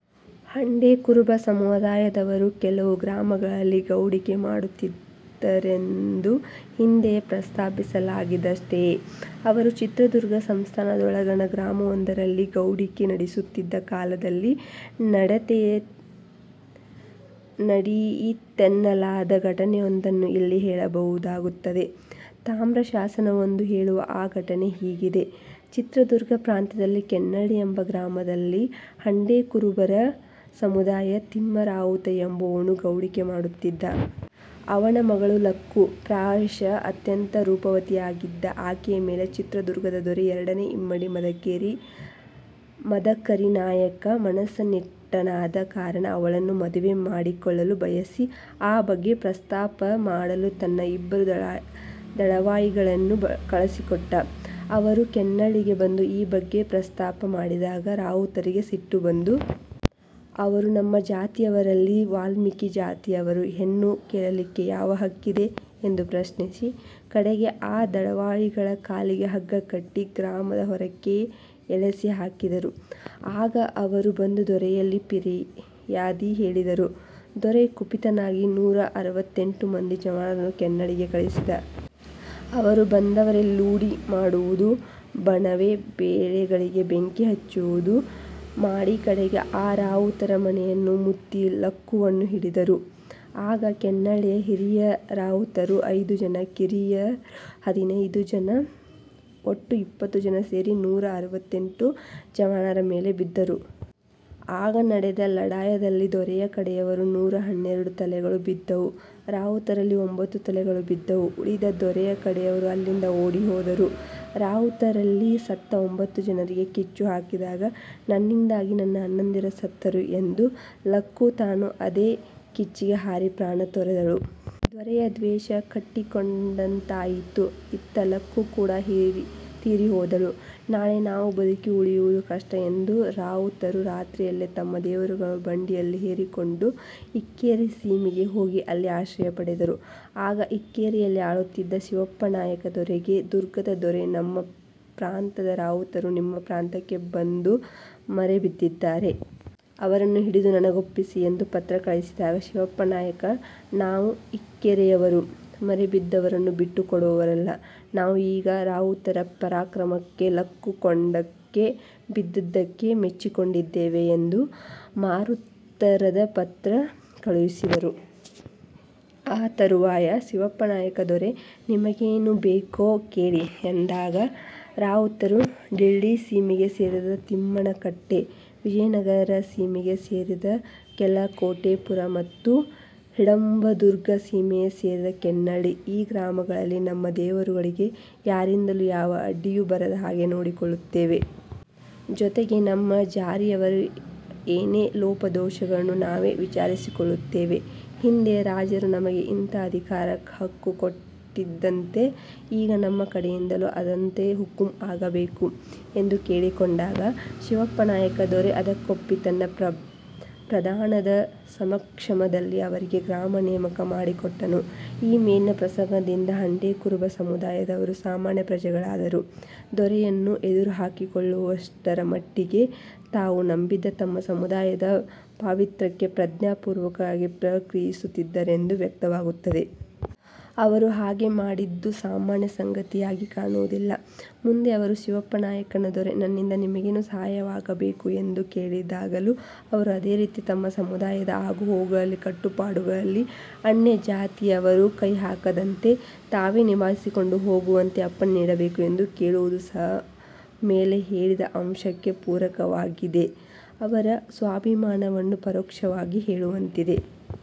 ಹಂಡೆ ಕುರುಬ ಸಮುದಾಯದವರು ಕೆಲವು ಗ್ರಾಮಗಳಲ್ಲಿ ಗೌಡಿಕೆ ಮಾಡುತ್ತಿದ್ದರೆಂದು ಹಿಂದೆಯೇ ಪ್ರಸ್ತಾಪಿಸಲಾಗಿದೆಯಷ್ಟೆ. ಅವರು ಚಿತ್ರದುರ್ಗ ಸಂಸ್ಥಾನದೊಳಗಣ ಗ್ರಾಮವೊಂದರಲ್ಲಿ ಗೌಡಿಕೆ ನಡೆಯಿಸುತ್ತಿದ್ದ ಕಾಲದಲ್ಲಿ ನಡೆಯಿತೆನ್ನಲಾದ ಘಟನೆಯೊಂದನ್ನು ಇಲ್ಲಿ ಹೇಳಬೇಕಾಗುತ್ತದೆ. ತಾಮ್ರ ಶಾಸನವೊಂದು ಹೇಳುವ ಆ ಘಟನೆ ಹೀಗಿದೆ: ಚಿತ್ರದುರ್ಗ ಪ್ರಾಂತದಲ್ಲಿ ಕೆನ್ನಳ್ಳಿ ಎಂಬ ಗ್ರಾಮದಲ್ಲಿ ಹಂಡೆಕುರುಬರ ಸಮುದಾಯದ ತಿಮ್ಮರಾವುತ ಎಂಬುವನು ಗೌಡಿಕೆ ಮಾಡುತ್ತಿದ್ದ. ಅವನ ಮಗಳು ಲಕ್ಕು. ಪ್ರಾಯಶಃ ಅತ್ಯಂತ ರೂಪವತಿಯಾಗಿದ್ದ ಆಕೆಯ ಮೇಲೆ ಚಿತ್ರದುರ್ಗದ ದೊರೆ ಎರಡನೇ ಇಮ್ಮಡಿ ಮದಕೇರಿ ನಾಯಕ ಮನಸ್ಸಿಟ್ಟನಾದ ಕಾರಣ ಅವಳನ್ನು ಮದುವೆ ಮಾಡಿಕೊಳ್ಳಲು ಬಯಸಿ, ಆ ಬಗ್ಗೆ ಪ್ರಸ್ತಾಪ ಮಾಡಲು ತನ್ನ ಇಬ್ಬರು ದಳವಾಯಿಗಳನ್ನು ಕಳಿಸಿಕೊಟ್ಟ. ಅವರು ಕೆನ್ನಳ್ಳಿಗೆ ಬಂದು ಈ ಬಗ್ಗೆ ಪ್ರಸ್ತಾಪ ಮಾಡಿದಾಗ ರಾವುತರಿಗೆ ಸಿಟ್ಟು ಬಂದು. ಅವರು "ನಮ್ಮ ಜಾತಿಯವರಲ್ಲಿ ವಾಲ್ಮೀಕಿ ಜಾತಿಯವರು ಹೆಣ್ಣು ಕೇಳಲಿಕ್ಕೆ ಯಾವ ಹಕ್ಕಿದೆ? " ಎಂದು ಪ್ರಶ್ನಿಸಿ, ಕಡೆಗೆ ಆ ದಳವಾಯಿಗಳ ಕಾಲಿಗೆ ಹಗ್ಗ ಕಟ್ಟಿ ಗ್ರಾಮದ ಹೊರಕ್ಕೆ ಎಳೆಸಿ ಹಾಕಿಸಿದರು. ಆಗ ಅವರು ಬಂದು ದೊರೆಯಲ್ಲಿ ಫಿರಿಯಾದಿ ಹೇಳಿದರು. ದೊರೆ ಕುಪಿತನಾಗಿ ನೂರ ಅರವತ್ತೆಂಟು ಮಂದಿ ಜವಾನರನ್ನು ಕೆನ್ನಳ್ಳಿಗೆ ಕಳಿಸಿದ. ಅವರು ಬಂದವರೇ ಲೂಡಿ ಮಾಡುವುದು, ಬಣವೆ ಬೆಳೆಗಳಿಗೆ ಬೆಂಕಿ ಹಚ್ಚುವುದು, ಮಾಡಿ ಕಡೆಗೆ ಆ ರಾವುತರ ಮನೆಯನ್ನು ಮುತ್ತಿ ಲಕ್ಕುವನ್ನು ಹಿಡಿದರು. ಆಗ ಕೆನ್ನಳ್ಳಿಯ ಹಿರಿಯರಾವುತರು ಐದು ಜನ, ಕಿರಿಯರು ಹದಿನೈದು ಜನ ಒಟ್ಟು ಇಪ್ಪತ್ತು ಜನ ಸೇರಿ ನೂರ ಅರವತ್ತೆಂಟು ಜವಾನರ ಮೇಲೆ ಬಿದ್ದರು. ಆಗ ನಡೆದ ಲಡಾಯದಲ್ಲಿ ದೊರೆಯ ಕಡೆಯವರು ನೂರ ಹನ್ನೆರಡು ತಲೆಗಳು ಬಿದ್ದವು; ರಾವುತರಲ್ಲಿ ಒಂಭತ್ತು ತಲೆಗಳು ಬಿದ್ದವು. ಉಳಿದ ದೊರೆಯ ಕಡೆಯವರು ಅಲ್ಲಿಂದ ಓಡಿ ಹೋದರು. ರಾವುತರಲ್ಲಿ ಸತ್ತ ಒಂಭತ್ತು ಜನರಿಗೆ ಕಿಚ್ಚು ಹಾಕಿದಾಗ, "ನನ್ನಿಂದಾಗಿ ನನ್ನ ಅಣ್ಣಂದಿರು ಸತ್ತರು" ಎಂದು ಲಕ್ಕು ತಾನೂ ಅದೇ ಕಿಚ್ಚಿಗೆ ಹಾರಿ ಪ್ರಾಣ ತೊರೆದಳು. "ದೊರೆಯ ದ್ವೇಷ ಕಟ್ಟಿಕೊಂಡದ್ದಾಯಿತು. ಇತ್ತ ಲಕ್ಕು ಕೂಡಾ ತೀರಿಹೋದಳು. ನಾಳೆ ನಾವು ಬದುಕಿ ಉಳಿಯುವುದು ಕಷ್ಟ" ಎಂದು ರಾವುತರು ರಾತ್ರಿಯಲ್ಲೇ ತಮ್ಮ ದೇವರುಗಳನ್ನು ಬಂಡಿಯಲ್ಲಿ ಹೇರಿಕೊಂಡು ಇಕ್ಕೇರಿ ಸೀಮೆಗೆ ಹೋಗಿ ಅಲ್ಲಿ ಆಶ್ರಯ ಪಡೆದರು. ಆಗ ಇಕ್ಕೇರಿಯಲ್ಲಿ ಆಳುತ್ತಿದ್ದ ಶಿವಪ್ಪನಾಯಕ ದೊರೆಗೆ ದುರ್ಗದ ದೊರೆ "ನಮ್ಮ ಪ್ರಾಂತದ ರಾವುತರು ನಿಮ್ಮ ಪ್ರಾಂತಕ್ಕೆ ಬಂದು ಮರೆಬಿದ್ದಿದ್ದಾರೆ. ಅವರನ್ನು ಹಿಡಿದು ನಮಗೊಪ್ಪಿಸಿ" ಎಂದು ಪತ್ರ ಕಳಿಸಿದಾಗ, ಶಿವಪ್ಪನಾಯಕ "ನಾವು ಇಕ್ಕೇರಿಯವರು, ಮರೆಬಿದ್ದವರನ್ನು ಬಿಟ್ಟುಕೊಡುವವರಲ್ಲ. ನಾವು ಈ ರಾವುತರ ಪರಾಕ್ರಮಕ್ಕೆ, ಲಕ್ಕು ಕೊಂಡಕ್ಕೆ ಬಿದ್ದದ್ದಕ್ಕೆ ಮೆಚ್ಚಿಕೊಂಡಿದ್ದೇವೆ" ಎಂದು ಮಾರುತ್ತರದ ಪತ್ರ ಕಳಿಸಿದನು. ಆ ತರುವಾಯ ಶಿವಪ್ಪನಾಯಕ ದೊರೆ "ನಿಮಗೇನು ಬೇಕೋ ಕೇಳಿ" ಎಂದಾಗ ರಾವುತರು "ಡಿಳ್ಳಿ ಸೀಮೆಗೆ ಸೇರಿದ ತಿಮ್ಮನ ಕಟ್ಟೆ, ವಿಜಯನಗರದ ಸೀಮೆಗೆ ಸೇರಿದ ಕೆಲಕೋಟೆಪುರ ಮತ್ತು ಹಿಡಂಬದುರ್ಗ ಸೀಮೆಗೆ ಸೇರಿದ ಕೆನ್ನಳ್ಳಿ, ಈ ಗ್ರಾಮಗಳಲ್ಲಿ ನಮ್ಮ ದೇವರುಗಳಿಗೆ ಯಾರಿಂದಲೂ ಯಾವ ಅಡ್ಡಿಯೂ ಬರದ ಹಾಗೆ ನೋಡಿಕೊಳ್ಳುತ್ತೇವೆ. ಜೊತೆಗೆ ನಮ್ಮ ಜಾರಿಯವರ ಏನೇ ಲೋಪದೋಷಗಳನ್ನೂ ನಾವೇ ವಿಚಾರಿಸಿಕೊಳ್ಳುತ್ತೇವೆ. ಹಿಂದೆ ರಾಜರು ನಮಗೆ ಇಂಥ ಅಧಿಕಾರ ಹಕ್ಕು ಕೊಟ್ಟಿದ್ದಂತೆ, ಈಗ ನಮ್ಮ ಕಡೆಯಿಂದಲೂ ಅಂಥದೇ ಹುಕುಂ ಆಗಬೇಕು" ಎಂದು ಕೇಳಿಕೊಂಡಾಗ ಶಿವಪ್ಪನಾಯಕ ದೊರೆ ಅದಕ್ಕೊಪ್ಪಿ ತನ್ನ ಪ್ರಧಾನದ ಸಮಕ್ಷಮದಲ್ಲಿ ಅವರಿಗೆ ಗ್ರಾಮ ನೇಮಕ ಮಾಡಿಕೊಟ್ಟನು. ಈ ಮೇಲಿನ ಪ್ರಸಂಗದಿಂದ ಹಂಡೆ ಕುರುಬ ಸಮುದಾಯದವರು ಸಾಮಾನ್ಯ ಪ್ರಜೆಗಳಾದರೂ, ದೊರೆಯನ್ನು ಎದುರುಹಾಕಿಕೊಳ್ಳುವಷ್ಟರ ಮಟ್ಟಿಗೆ ತಾವು ನಂಬಿದ್ದ ತಮ್ಮ ಸಮುದಾಯದ ಪಾವಿತ್ರ್ಯಕ್ಕೆ ಪ್ರಜ್ಞಾ ಪೂರ್ವಕವಾಗಿ ಪ್ರತಿಕ್ರಿಯಿಸುತ್ತಿದ್ದರೆಂದು ವ್ಯಕ್ತವಾಗುತ್ತದೆ. ಅವರು ಹಾಗೆ ಮಾಡಿದ್ದು ಸಾಮಾನ್ಯ ಸಂಗತಿಯಾಗಿ ಕಾಣುವುದಿಲ್ಲ. ಮುಂದೆ ಅವರು ಶಿವಪ್ಪನಾಯಕ ದೊರೆ "ನನ್ನಿಂದ ನಿಮಗೇನು ಸಹಾಯವಾಗಬೇಕು" ಎಂದು ಕೇಲಿದಾಗಲೂ ಅವರು ಅದೇ ರೀತಿ ತಮ್ಮ ಸಮುದಾಯದ ಆಗು-ಹೋಗುಗಳಲ್ಲಿ ಕಟ್ಟುಪಾಡುಗಳಲ್ಲಿ ಅನ್ಯಜಾತಿಯವರು ಕೈಹಾಕದಂತೆ, ತಾವೇ ನಿಭಾಯಿಸಿಕೊಂಡು ಹೋಗುವಂತೆ, ಅಪ್ಪಣೆ ನೀಡಬೇಕು ಎಂದು ಕೇಳುವುದು ಸಹ ಮೇಲೆ ಹೇಳಿದ ಅಂಶಕ್ಕೆ ಪೂರಕವಾಗಿದೆ. ಅವರ ಸ್ವಾಭಿಮಾನವನ್ನು ಪರೋಕ್ಷವಾಗಿ ಹೇಳುವಂತಿದೆ.